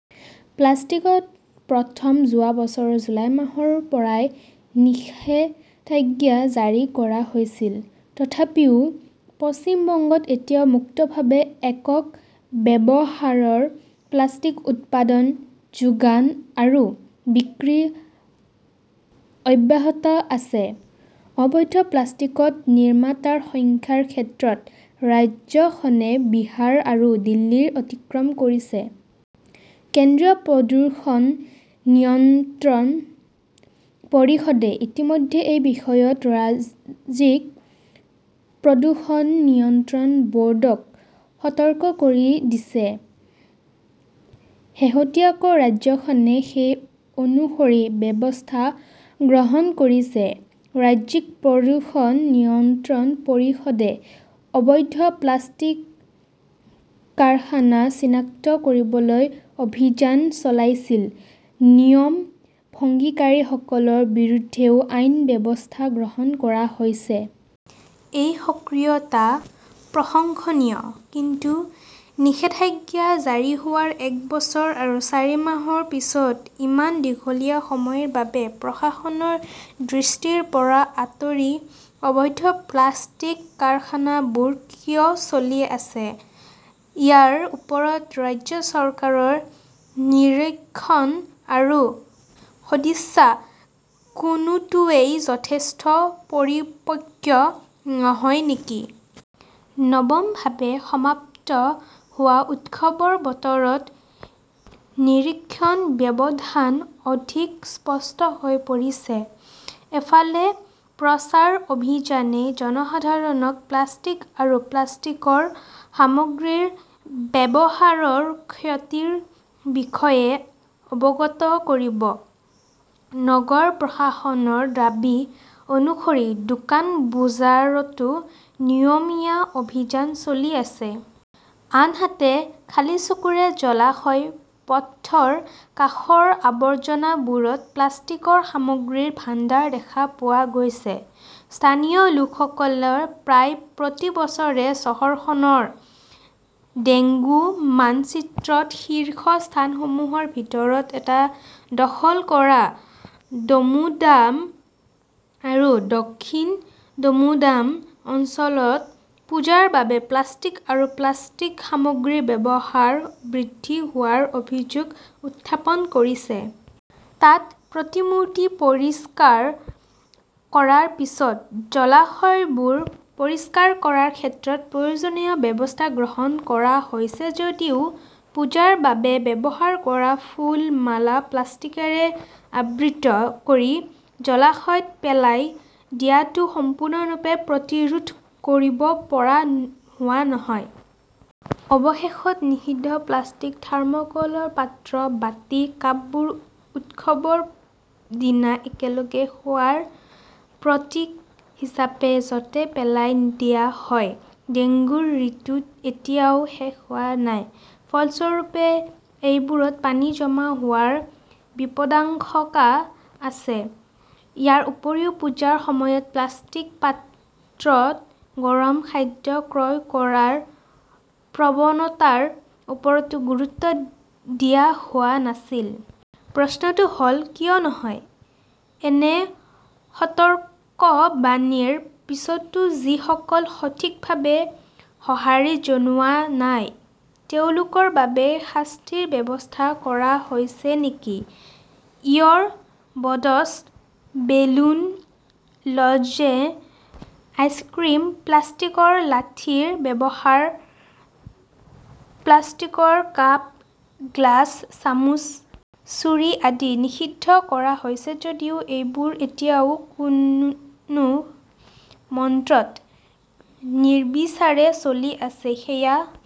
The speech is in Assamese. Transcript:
প্লাষ্টিকত প্ৰথম যোৱা বছৰৰ জুলাই মাহৰ পৰাই নিষেধাজ্ঞা জাৰি কৰা হৈছিল। তথাপিও পশ্চিম বংগত এতিয়াও মুক্তভাৱে একক ব্যৱহাৰৰ প্লাষ্টিক উৎপাদন, যোগান আৰু বিক্ৰী অব্যাহত আছে। অবৈধ প্লাষ্টিকত নিৰ্মাতাৰ সংখ্যাৰ ক্ষেত্ৰত ৰাজ্যখনে বিহাৰ আৰু দিল্লীক অতিক্ৰম কৰিছে। কেন্দ্ৰীয় প্ৰদূষণ নিয়ন্ত্ৰণ পৰিষদে ইতিমধ্যে এই বিষয়ত ৰাজ্যিক প্ৰদূষণ নিয়ন্ত্ৰণ বৰ্ডক সতৰ্ক কৰি দিছে। শেহতীয়াকৈ ৰাজ্যখনে সেই অনুসৰি ব্যৱস্থা গ্ৰহণ কৰিছে। ৰাজ্যিক প্ৰদূষণ নিয়ন্ত্ৰণ পৰিষদে অবৈধ প্লাষ্টিক কাৰখানা চিনাক্ত কৰিবলৈ অভিযান চলাইছিল। নিয়ম ভংগীকাৰীসকলৰ বিৰুদ্ধেও আইনী ব্যৱস্থা গ্ৰহণ কৰা হৈছে। এই সক্ৰিয়তা প্ৰশংসনীয়। কিন্তু, নিষেধাজ্ঞা জাৰি হোৱাৰ এক বছৰ আৰু চাৰি মাহৰ পিছত-ইমান দীঘলীয়া সময় বাবে প্ৰশাসনৰ দৃষ্টিৰ পৰা আঁতৰি অবৈধ প্লাষ্টিক কাৰখানাবোৰ কিয় চলি আছে? ইয়াৰ ওপৰত ৰাজ্য চৰকাৰৰ নিৰীক্ষণ আৰু সদিচ্ছা, কোনোটোৱেই যথেষ্ট পৰিপক্ক নহয় নেকি? নৱমভাৱে সমাপ্ত হোৱা উৎসৱৰ বতৰত নিৰীক্ষণ ব্যৱধান অধিক স্পষ্ট হৈ পৰিছে। এফালে, প্ৰচাৰ অভিযানে জনসাধাৰণক প্লাষ্টিক আৰু প্লাষ্টিকৰ সামগ্ৰীৰ ব্যৱহাৰৰ ক্ষতিৰ বিষয়ে অৱগত কৰিব, নগৰ প্ৰশাসনৰ দাবী অনুসৰি দোকান-বুজাৰতো নিয়মীয়া অভিযান চলি আছে। আনহাতে, খালী চকুৰে জলাশয়, পথৰ কাষৰ আৱৰ্জনাবোৰত প্লাষ্টিকৰ সামগ্ৰীৰ ভাণ্ডাৰ দেখা পোৱা গৈছে। স্থানীয় লোকসকলে প্ৰায় প্ৰতি বছৰে চহৰখনৰ ডেংগু মানচিত্ৰত শীৰ্ষ স্থানসমূহৰ ভিতৰত এটা দখল কৰা দুমডাম আৰু দক্ষিণ দুমডাম অঞ্চলত পূজাৰ বাবে প্লাষ্টিক আৰু প্লাষ্টিক সামগ্ৰীৰ ব্যৱহাৰ বৃদ্ধি হোৱাৰ অভিযোগ উত্থাপন কৰিছে। তাত প্ৰতিমূৰ্তি পৰিষ্কাৰ কৰাৰ পিছত জলাশয়বোৰ পৰিষ্কাৰ কৰাৰ ক্ষেত্ৰত প্ৰয়োজনীয় ব্যৱস্থা গ্ৰহণ কৰা হৈছে যদিও পূজাৰ বাবে ব্যৱহাৰ কৰা ফুল, মালা প্লাষ্টিকেৰে আবৃত কৰি জলাশয়ত পেলাই দিয়াটো সম্পূৰ্ণৰূপে প্ৰতিৰোধ কৰিব পৰা হোৱা নহয়। অৱশেষত, নিষিদ্ধ প্লাষ্টিক, থাৰ্মোক্লৰ পাত্ৰ, বাটি, কাপবোৰ উৎসৱৰ দিনা একেলগে খোৱাৰ প্ৰতীক হিচাপে যতেই পেলাই দিয়া হয়। ডেংগুৰ ঋতু এতিয়াও শেষ হোৱা নাই। ফলস্বৰূপে, সেইবোৰত পানী জমা হোৱাৰ বিপদাশংকা আছে । ইয়াৰ উপৰিও পূজাৰ সময়ত প্লাষ্টিকৰ পাত্ৰত গৰম খাদ্য ক্ৰয় কৰাৰ প্ৰৱণতাৰ ওপৰতো গুৰুত্ব দিয়া হোৱা নাছিল। প্ৰশ্নটো হ ল, কিয় নহয়? এনে সতৰ্কবাণীৰ পিছতো যিসকল সঠিকভাৱে সঁহাৰি জনোৱা নাই তেওঁলোকৰ বাবে শাস্তিৰ ব্যৱস্থা কৰা হৈছে নেকি? 'ইয়ৰ বডছ ", বেলুন, ল"জে, আইচক্ৰীম প্লাষ্টিকৰ লাঠিৰ ব্যৱহাৰ, প্লাষ্টিকৰ কাপ, গ্লাছ, চামুচ, ছুৰী আদি নিষিদ্ধ কৰা হৈছে যদিও এইবোৰ এতিয়াও কোননো মন্ত্ৰত নিৰ্বিচাৰে চলি আছে সেয়া